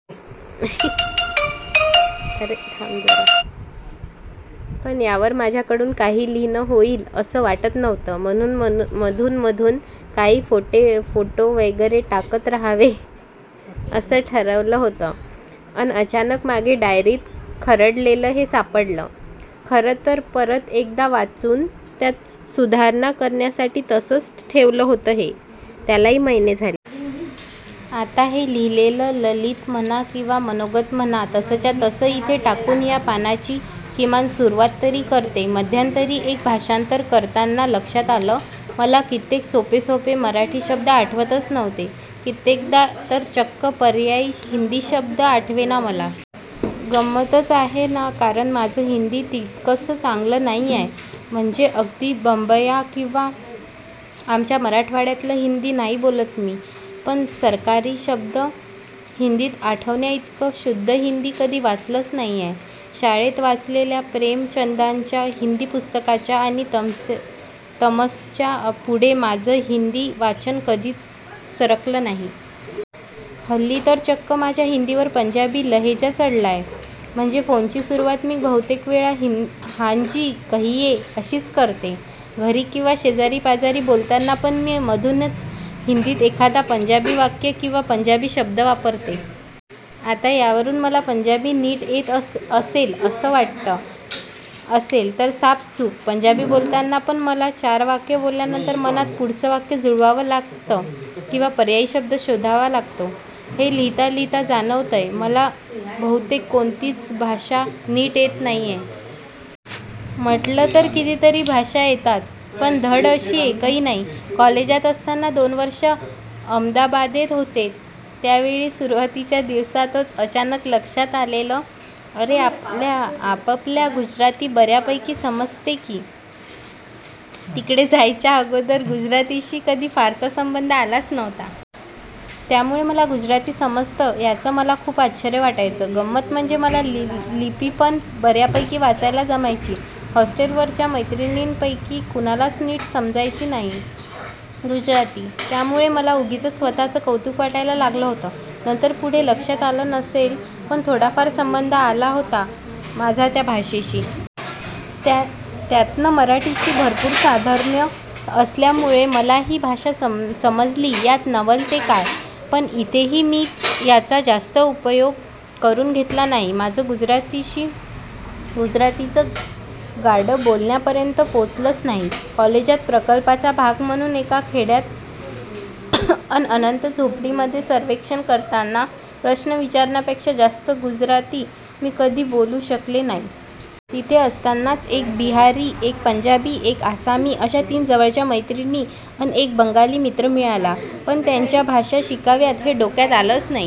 पण यावर माझ्याकडून काही लिहिणं होईल असं वाटत नव्हतं. मधून अधून काही फोटो वगैरे टाकत रहावे असं ठरवलं होतं. अन अचानक मागे डायरीत खरडलेलं हे सापडलं. खरंतर परत एकदा वाचून त्यात सुधारणा करण्यासाठी तसचं ठेवलं होतं हे, त्यालाही महिने झाले. आता हे लिहिलेलं ललित म्हणा किंवा मनोगत म्हणा तसच्या तसं इथे टाकून ह्या पानाची किमान सुरवात तरी करतेय. मध्यंतरी एक भाषांतर करताना लक्षात आलं, मला कित्येक सोप्पे-सोप्पे मराठी शब्द आठवतच नव्हते. कित्येकदा तर चक्क पर्यायी हिंदी शब्द आठवले मला. गम्मतच आहे नै? कारण माझं हिंदी तितकस चांगलं नाहीये. म्हणजे अगदी बंबय्या किंवा आमच्या मराठवाड्यातलं हिंदी नाही बोलत मी, पण सरकारी शब्द हिंदीत आठवण्याइतकं शुद्ध हिंदी कधी वाचलच नाहीये. शाळेत वाचलेल्या प्रेमचंदांच्या हिंदी पुस्तकाच्या आणि तमसच्या पुढे माझं हिंदी वाचन कधीच सरकलं नाही. हल्ली तर चक्क माझ्या हिंदीवर पंजाबी लहेजा चढलाय. म्हणजे फोनची सुरवात मी बहुतेकवेळा हांजी कहिये अशीच करत असते. घरी किंवा शेजारी पाजारी बोलताना पण मी मधूनच हिंदीत एखादं पंजाबी वाक्य किंवा पंजाबी शब्द वापरते. आता यावरून मला पंजाबी नीट येत असेल असं वाटत असेल तर साफ चूक. पंजाबी बोलताना पण मला, चार वाक्य बोलल्यानंतर मनात पुढचं वाक्य जुळवावं लागत किंवा पर्यायी शब्द शोधावा लागतो. हे लिहिता लिहिता जाणवतयं, मला बहुतेक कोणतीच भाषा नीट येत नाहीये. म्हटलं तर कितीतरी भाषा येतात, पण धड अशी एकही नाही. कॉलेजात असताना दोन वर्ष अहमदाबादेत होते, त्यावेळी सुरवातीच्या दिवसातच अचानक लक्षात आलेलं, अरे आपल्याला गुजराती बर्यापैकी समजते की. तिकडे जायच्या अगोदर गुजरातीशी कधी फारसा संबंध आलाच नव्हता. त्यामूळे मला गुजराती समजतं याचं मलाच खुप आश्चर्य वाटायचं. गंमत म्हणजे मला लिपीपण बर्यापै़की वाचायला जमायची. हॉस्टेलवरच्या मैत्रिणींपैकी कुणालाच नीट समजायची नाही गुजराती. त्यामुळे मला उगिचच स्वतःचं कौतुक वाटायला लागलं होतं. नंतर पूढे लक्षात आलं, नसेल पण थोडाफार संबंध आला होता माझा त्या भाषेशी. त्यातनं मराठीशी भरपूर साधर्म्य असल्यामूळे मला ही भाषा समजली यात नवल ते काय. पण इथेही मी याचा जास्त उपयोग करुन घेतला नाही. माझं गुजरातीचं गाडं बोलण्यापर्यंत पोचलंच नाही. कॉलेजात प्रकल्पाचा भाग म्हणून एका खेड्यात अन नंतर झोपडपट्टीमध्ये सर्वेक्षण करताना प्रश्ण विचारण्यापेक्षा जास्त गुजराती मी कधी बोलू शकले नाही. तिथे असतानाच एक बिहारी, एक पंजाबी एक आसामी अश्या तिन जवळच्या मैत्रिणी अन एक बंगाली मित्र मिळाला. पण त्यांच्या भाषा शिकाव्यात हे डोक्यात आलंच नाही.